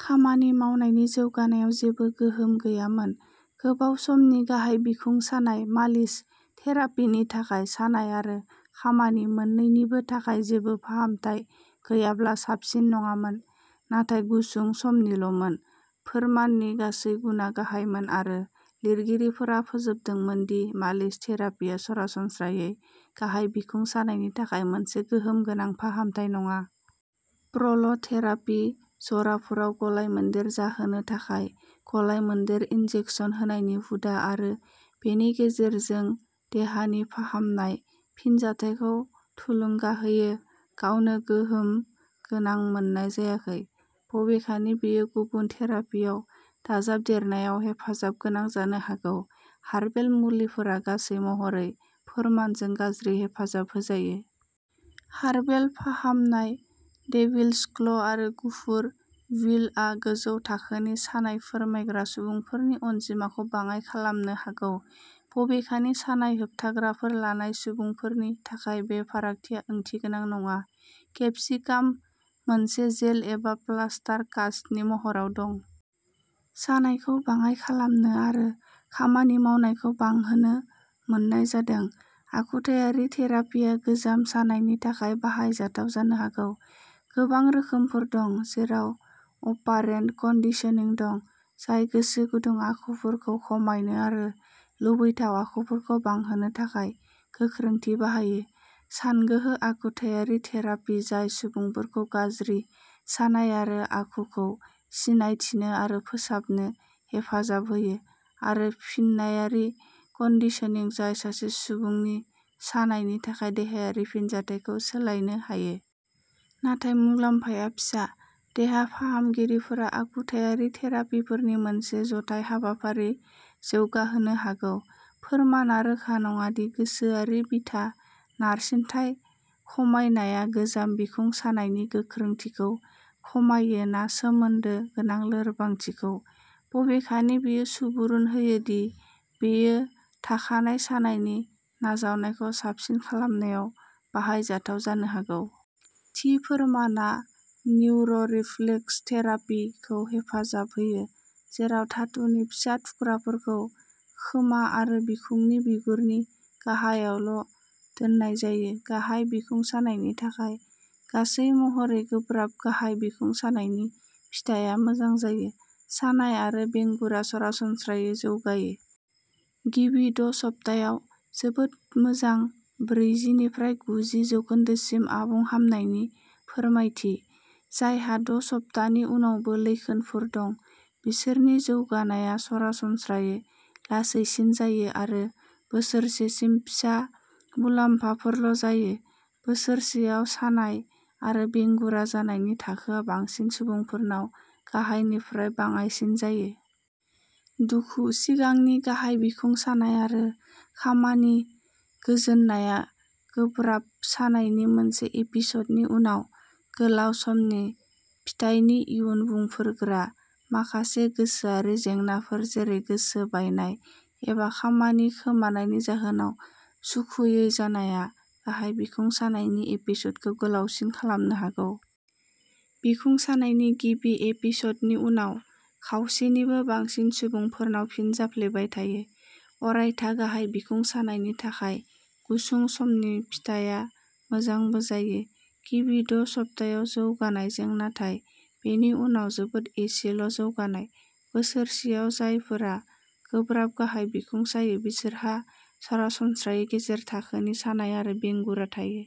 खामानि मावनायनि जौगानायाव जेबो गोहोम गैयामोन। गोबाव समनि गाहाय बिखुं सानाय मालिस थेरापिनि थाखाय सानाय आरो खामानि मोन्नैनिबो थाखाय जेबो फाहामथाय गैयाब्ला साबसिन नङामोन, नाथाय गुसुं समनिल'मोन। फोरमाननि गासै गुनआ गाहायमोन आरो लिरगिरिफोरा फोजोबदोंमोन दि मालिस थेरापिआ सरासनस्रायै गाहाय बिखुं सानायनि थाखाय मोनसे गोहोम गोनां फाहामनाय नङा। प्र'ल'थेरापि-जराफोराव गलायमोन्देर जाहोनो थाखाय गलायमोन्देर इनजेकसन होनायनि हुदा आरो बेनि गेजेरजों देहानि फाहामनाय फिनजाथायखौ थुलुंगा होयो, गावनो गोहोम गोनां मोननाय जायाखै, बबेखानि बेयो गुबुन थेरापिआव दाजाबदेरनायाव हेफाजाबगोनां जानो हागौ। हार्बेल मुलिफोरा, गासै महरै, फोरमानजों गाज्रि हेफाजाब होजायो। हार्बेल फाहामनाय डेविल्स क्ल' आरो गुफुर विल'आ गोजौ थाखोनि सानाय फोरमायग्रा सुबुंफोरनि अनजिमाखौ बाङाइ खालामनो हागौ। बबेखानि सानाय होबथाग्राफोर लानाय सुबुंफोरनि थाखाय बे फारागथिया ओंथिगोनां नङा। केपसिकाम, मोनसे जेल एबा प्लास्टार कास्टनि महराव दं। सानायखौ बाङाय खालामनो आरो खामानि मावनायखौ बांहोनो मोननाय जादों। आखुथायारि थेरापिआ गोजाम सानायनि थाखाय बाहायजाथाव जानो हागौ। गोबां रोखोमफोर दं, जेराव अपारेन्ट कन्डिशनिं दं, जाय गोसो गुदुं आखुफोरखौ खमायनो आरो लुबैथाव आखुफोरखौ बांहोनो थाखाय गोख्रोंथि बाहायो, सानगोहो आखुथायारि थेरापि, जाय सुबुंफोरखौ गाज्रि साननाय आरो आखुखौ सिनायथिनो आरो फोसाबनो हेफाजाब होयो आरो फिन्नायारि कन्डिशनिं, जाय सासे सुबुंनि सानायनि थाखाय देहायारि फिनजाथायखौ सोलायनो हायो। नाथाय मुलाम्फाया फिसा। देहा फाहामगिरिफोरा आखुथायारि थेरापिफोरनि मोनसे जथाय हाबाफारि जौगाहोनो हागौ। फोरमानआ रोखा नङा दि गोसोआरि बिथा नारसिनथाय खमायनाया गोजाम बिखुं सानायनि गोख्रोंथिखौ खमायो ना सोमोन्दो गोनां लोरबांथिखौ, बबेखानि बेयो सुबुरुन होयो दि बेयो थाखानाय सानायनि नाजावनायखौ साबसिन खालामनायाव बाहायजाथाव जानो हागौ। थि फोरमानआ न्युर'रिफ्लेक्सथेरापि खौ हेफाजाब होयो, जेराव धातुनि फिसा थुख्राफोरखौ खोमा आरो बिखुंनि बिगुरनि गाहायावल' दोननाय जायो, गाहाय बिखुं सानायनि थाखाय। गासै महरै गोब्राब गाहाय बिखुं सानायनि फिथाया मोजां जायो। सानाय आरो बेंगुरा सरासनस्रायै जौगायो। गिबि द' सप्तायाव जोबोद मोजां, ब्रैजि निफ्राय गुजि जौखोन्दोसिम आबुं हामनायनि फोरमायथि। जायहा द' सप्तानि उनावबो लैखोनफोर दं, बिसोरनि जौगानायआ सरासनस्रायै लासैसिन जायो आरो बोसोरसेसिम फिसा मुलाम्फाफोरल' जायो। बोसोरसेयाव सानाय आरो बेंगुरा जानायनि थाखोआ बांसिन सुबुंफोरनाव गाहायनिफ्राय बाङाइसिन जायो। दुखु, सिगांनि गाहाय बिखुं सानाय, आरो खामानि गोजोननाया गोब्राब सानायनि मोनसे एपिसदनि उनाव गोलाव समनि फिथायनि इयुन बुंफोरग्रा। माखासे गोसोआरि जेंनाफोर जेरै गोसो बायनाय, एबा खामानि खोमानायनि जाहोनाव सुखुयै जानाया गाहाय बिखुं सानायनि एपिसडखौ गोलावसिन खालामनो हागौ। बिखुं सानायनि गिबि एपिसडनि उनाव खावसेनिबो बांसिन सुबुंफोरनाव फिन जाफ्लेबाय थायो। अरायथा गाहाय बिखुं सानायनि थाखाय गुसुं समनि फिथाया मोजांबो जायो, गिबि द' सप्तायाव जौगानायजों नाथाय बेनि उनाव जोबोद एसेल' जौगानाय। बोसोरसेयाव जायफोरा गोब्राब गाहाय बिखुं सायो बिसोरहा सरासनस्रायै गेजेर थाखोनि सानाय आरो बेंगुरा थायो।